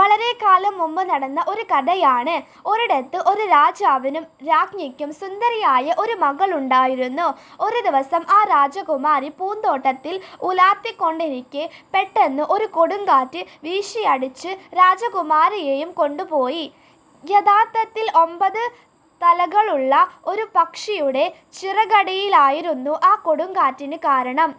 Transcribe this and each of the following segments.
വളരെക്കാലം മുമ്പ് നടന്ന ഒരു കഥയാണ്. ഒരിടത്ത് ഒരു രാജാവിനും രാജ്ഞിക്കും സുന്ദരിയായ ഒരു മകളുണ്ടായിരുന്നു. ഒരു ദിവസം, ആ രാജകുമാരി പൂന്തോട്ടത്തിൽ ഉലാത്തിക്കൊണ്ടിരിക്കെ, പെട്ടെന്ന് ഒരു കൊടുങ്കാറ്റ് വീശിയടിച്ച് രാജകുമാരിയെയും കൊണ്ടുപോയി. യദാര്ത്ഥത്തില് ഒമ്പത് തലകളുള്ള ഒരു പക്ഷിയുടെ ചിറകടിയായിരുന്നു ആ കൊടുങ്കാറ്റിന് കാരണം!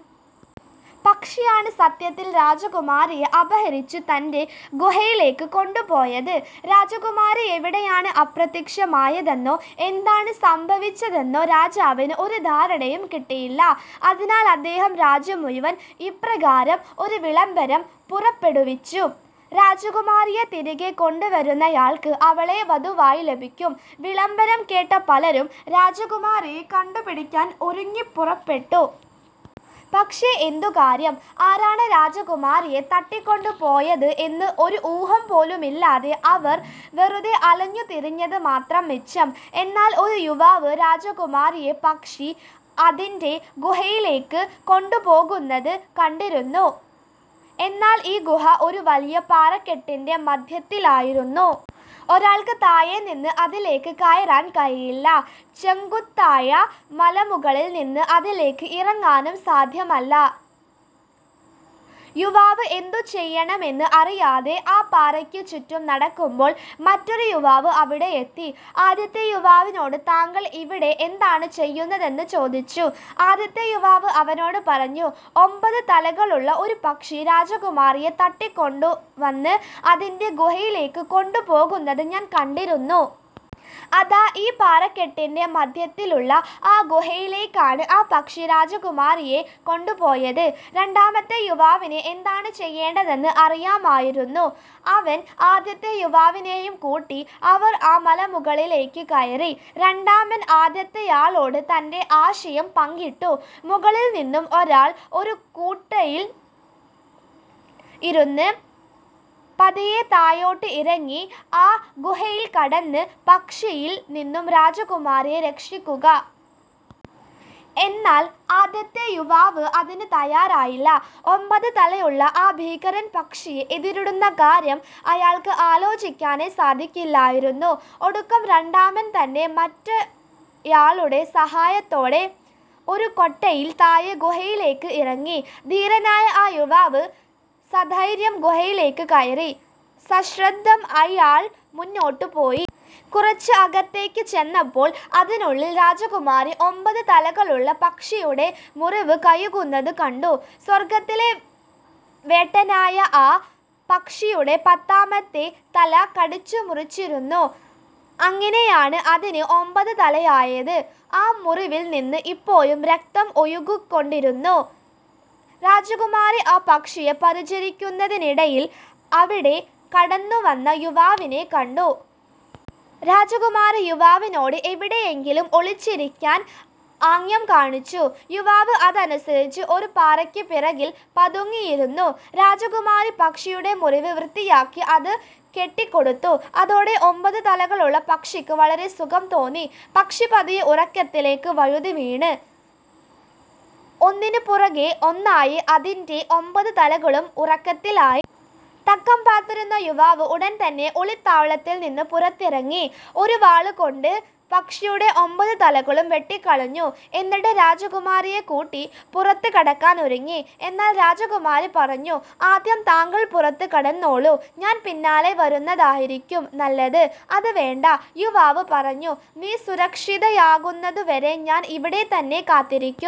പക്ഷിയാണ് സത്യത്തില് രാജകുമാരിയെ അപഹരിച്ചു തന്റെ ഗുഹയിലേക്ക് കൊണ്ടുപോയത്. രാജകുമാരി എവിടെയാണ് അപ്രത്യക്ഷമായതെന്നോ എന്താണ് സംഭവിച്ചതെന്നോ രാജാവിന് ഒരു ധാരണയും കിട്ടിയില്ല, അതിനാൽ അദ്ദേഹം രാജ്യം മുഴുവൻ ഇപ്രകാരം ഒരു വിളംബരം പുറപ്പെടുവിച്ചു: "രാജകുമാരിയെ തിരികെ കൊണ്ടുവരുന്നയാൾക്ക് അവളെ വധുവായി ലഭിക്കും! " വിളംബരം കേട്ട പലരും രാജകുമാരിയെ കണ്ടുപിടിക്കാന് ഒരുങ്ങി പുറപ്പെട്ടു. പക്ഷേ എന്തു കാര്യം? ആരാണ് രാജകുമാരിയെ തട്ടിക്കൊണ്ട് പോയത് എന്ന് ഒരു ഊഹം പോലുമില്ലാതെ അവര് വെറുതെ അലഞ്ഞു തിരിഞ്ഞത് മാത്രം മിച്ചം! എന്നാല് ഒരു യുവാവ് രാജകുമാരിയെ പക്ഷി അതിന്റെ ഗുഹയിലേക്ക് കൊണ്ടുപോകുന്നത് കണ്ടിരുന്നു. എന്നാല് ഈ ഗുഹ ഒരു വലിയ പാറക്കെട്ടിന്റെ മധ്യത്തിലായിരുന്നു. ഒരാൾക്ക് താഴെ നിന്ന് അതിലേക്ക് കയറാൻ കഴിയില്ല, ചെങ്കുത്തായ മലമുകളിൽ നിന്ന് അതിലേക്ക് ഇറങ്ങാനും സാധ്യമല്ല. യുവാവ് എന്തു ചെയ്യണമെന്ന് അറിയാതെ ആ പാറയ്ക്ക് ചുറ്റും നടക്കുമ്പോൾ, മറ്റൊരു യുവാവ് അവിടെയെത്തി. ആദ്യത്തെ യുവാവിനോട് താങ്കള് ഇവിടെ എന്താണ് ചെയ്യുന്നതെന്ന് ചോദിച്ചു. ആദ്യത്തെ യുവാവ് അവനോട് പറഞ്ഞു, "ഒമ്പത് തലകളുള്ള ഒരു പക്ഷി രാജകുമാരിയെ തട്ടിക്കൊണ്ടു വന്ന് അതിന്റെ ഗുഹയിലേക്ക് കൊണ്ട് പോകുന്നത് ഞാന് കണ്ടിരുന്നു. അതാ ഈ പാറക്കെട്ടിന്റെ മധ്യത്തിലുള്ള ആ ഗുഹായിലേയ്ക്കാണ് ആ പക്ഷി രാജകുമാരിയെ കൊണ്ട് പോയത്" രാണ്ടാമത്തെ യുവാവിന് എന്താണ് ചെയ്യേണ്ടതെന്ന് അറിയാമായിരുന്നു. അവൻ ആദ്യത്തെ യുവാവിനെയും കൂട്ടി അവർ ആ മലമുകളിലേയ്ക്ക് കയറി. രണ്ടാമന് ആദ്യത്തെയാളോട് തന്റെ ആശയം പങ്കിട്ടു. മുകളില് നിന്നും ഒരാള് ഒരു കൂട്ടയില് ഇരുന്ന് പതിയെ താഴോട്ട് ഇറങ്ങി ആ ഗുഹയില് കടന്ന് പക്ഷിയില് നിന്നും രാജകുമാരിയെ രക്ഷിക്കുക. എന്നാല് ആദ്യത്തെ യുവാവ് അതിന് തയ്യാറായില്ല. ഒമ്പത് തലയുള്ള ആ ഭീകരന് പക്ഷിയെ എതിരിടുന്ന കാര്യം അയാള്ക്ക് ആലോചിക്കാനേ സാധിക്കില്ലായിരുന്നു. ഒടുക്കം രണ്ടാമന് തന്നെ മറ്റെയാളുടെ സഹായത്തോടെ ഒരു കൊട്ടയിൽ താഴെ ഗുഹയിലേക്ക് ഇറങ്ങി. ധീരനായ ആ യുവാവ് സധൈര്യം ഗുഹയിലേക്ക് കയറി. സശ്രദ്ധം അയാള് മുന്നോട്ട് പോയി. കുറച്ചു അകത്തേയ്ക്ക് ചെന്നപ്പോള്, അതിനുള്ളില് രാജകുമാരി ഒമ്പത് തലകളുള്ള പക്ഷിയുടെ മുറിവ് കഴുകുന്നത് കണ്ടു. സ്വർഗ്ഗത്തിലെ വേട്ടനായ ആ പക്ഷിയുടെ പത്താമത്തെ തല കടിച്ചു മുറിച്ചിരുന്നു. അങ്ങിനെയാണ് അതിന് ഒമ്പത് തലയായത്. ആ മുറിവിൽ നിന്ന് ഇപ്പോഴും രക്തം ഒഴുകിക്കൊണ്ടിരുന്നു. രാജകുമാരി ആ പക്ഷിയെ പരിചരിക്കുന്നതിനിടയില്, അവിടെ കടന്നു വന്ന യുവാവിനെ കണ്ടു. രാജകുമാരി യുവാവിനോട് എവിടെയെങ്കിലും ഒളിച്ചിരിക്കാന് ആംഗ്യം കാണിച്ചു. യുവാവ് അതനുസരിച്ച് ഒരു പാറയ്ക്ക് പുറകില് പതുങ്ങിയിരുന്നു. രാജകുമാരി പക്ഷിയുടെ മുറിവ് വൃത്തിയാക്കി അത് കെട്ടിക്കൊടുത്തു. അതോടെ ഒമ്പത് തലകളുള്ള പക്ഷിക്ക് വളരെ സുഖം തോന്നി. പക്ഷി പതിയെ ഉറക്കത്തിലേയ്ക്ക് വഴുതി വീണു. ഒന്നിന് പുറകെ ഒന്നായി അതിന്റെ ഒമ്പത് തലകളും ഉറക്കത്തിലായി. തക്കം പാര്ത്തിരുന്ന യുവാവ് ഉടന് തന്നെ തന്നെ ഒളിത്താവളത്തിൽ നിന്ന് പുറത്തിറങ്ങി, ഒരു വാളുകൊണ്ട് പക്ഷിയുടെ ഒമ്പത് തലകളും വെട്ടിക്കളഞ്ഞു. എന്നിട്ട് രാജകുമാരിയെ കൂട്ടി പുറത്തു കടക്കാന് ഒരുങ്ങി. എന്നാൽ രാജകുമാരി പറഞ്ഞു: "ആദ്യം താങ്കള് പുറത്തു കടന്നോളൂ, ഞാൻ പിന്നാലെ വരുന്നതായിരിക്കും നല്ലത്. " "അത് വേണ്ട," യുവാവ് പറഞ്ഞു. "നീ സുരക്ഷിതയാകുന്നതുവരെ ഞാൻ ഇവിടെ തന്നെ കാത്തിരിക്കും. "